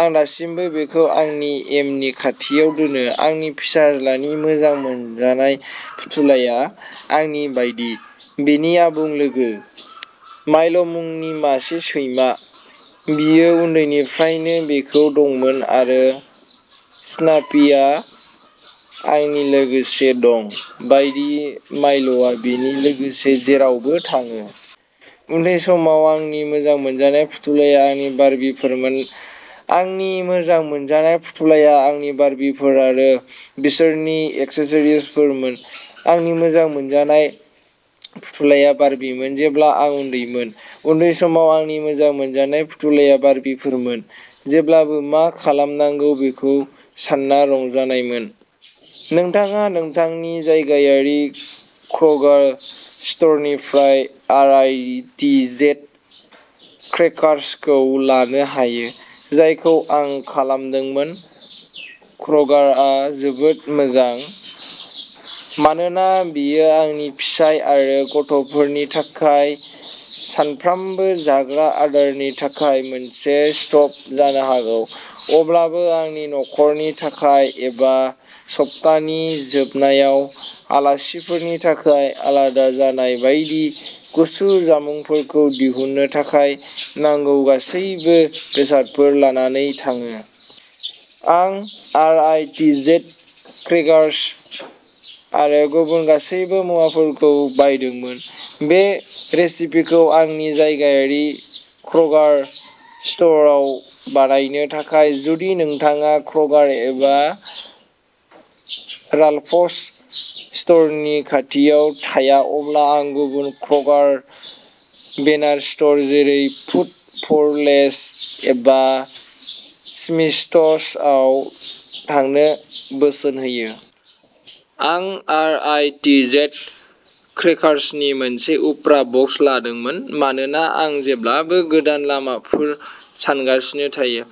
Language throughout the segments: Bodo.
आं दासिमबो बिखौ आंनि एमनि खाथियाव दोनो। आंनि फिसाज्लानि मोजां मोनजानाय फुथुलाया, आंनि बायदि, बिनि आबुं लोगो। मायल'मुंनि मासे सैमा। बियो उन्दैनिफ्रायनो बेखौ दंमोन, आरो स्नाफीआ आंनि लोगोसे दं बायदि, मायल'आ बिनि लोगोसे जेरावबो थाङो। उन्दै समाव आंनि मोजां मोनजानाय फुथुलाया आंनि बार्बीफोरमोन। आंनि मोजां मोनजानाय फुथुलाया आंनि बार्बीफोर आरो बिसोरनि एक्सेसरिजफोरमोन! आंनि मोजां मोनजानाय फुथुलाया बार्बीमोन जेब्ला आं उन्दैमोन। उन्दै समाव आंनि मोजां मोनजानाय फुथुलाया बार्बीफोरमोन। जेब्लाबो मा खालामनांगौ बेखौ सानना रंजानायमोन। नोंथाङा नोंथांनि जायगायारि क्र'गार स्ट'रनिफ्राय आर. आइ. टि. जेड. क्रेकार्सखौ लानो हायो, जायखौ आं खालामदोंमोन। क्र'गारआ जोबोद मोजां मानोना बेयो आंनि फिसाय आरो गथ'फोरनि थाखाय सानफ्रामबो जाग्रा आदारनि थाखाय मोनसे स्टप जानो हागौ, अब्लाबो आंनि नख'रनि थाखाय एबा सप्तानि जोबनायाव आलासिफोरनि थाखाय आलादा जानाय बायदि गुसु जामुंफोरखौ दिहुननो थाखाय नांगौ गासैबो बेसादफोर लानानै थाङो। आं R. I. T. Z. Crackers आरो गुबुन गासैबो मुवाफोरखौ बायदोंमोन बे रेसिपिखौ आंनि जायगायारि क्र'गार स्ट'र आव बानायनो थाखाय। जुदि नोंथाङा क्र'गार एबा राल्फ्स स्ट'रनि खाथियाव थाया, अब्ला आं गुबुन क्र'गार बेनार स्ट'र जेरै फुड फर लेस एबा स्मिथ्सआव थांनो बोसोन होयो। आं आर. आइ. टि. जेड. क्रेकार्सनि मोनसे उफ्रा बक्स लादोंमोन मानोना आं जेब्लाबो गोदान लामाफोर सानगासिनो थायो।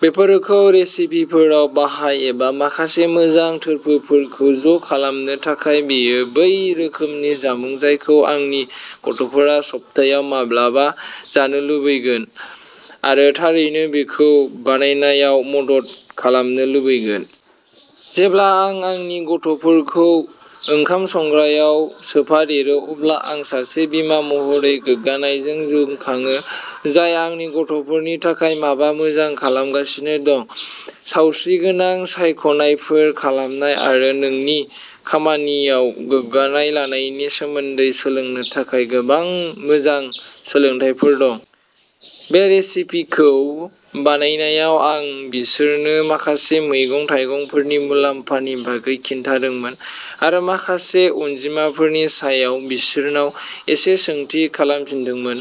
बेफोरखौ रेसिपिफोराव बाहाय, एबा माखासे मोजां थोरफोफोरखौ ज'खालामनो थाखाय। बेयो बै रोखोमनि जामुं जायखौ आंनि गथ'फोरा सप्तायाव माब्लाबा जानो लुबैगोन, आरो थारैनो बेखौ बानायनायाव मदद खालामनो लुबैगोन। जेब्ला आं आंनि गथ'फोरखौ ओंखाम संग्रायाव सोफादेरो, अब्ला आं सासे बिमा महरै गोग्गानायजों जोंखाङो, जाय आंनि गथ'फोरनि थाखाय माबा मोजां खालामगासिनो दं। सावस्रिगोनां सायख'नायफोर खालामनाय आरो नोंनि खामानियाव गोग्गानाय लानायनि सोमोन्दै सोलोंनो थाखाय गोबां मोजां सोलोंथायफोर दं। बे रेसिपिखौ बानायनायाव आं बिसोरनो माखासे मैगं-थाइगंफोरनि मुलाम्फानि बागै खिन्थादोंमोन, आरो माखासे अनजिमाफोरनि सायाव बिसोरनाव एसे सोंथि खालामफिनदोंमोन।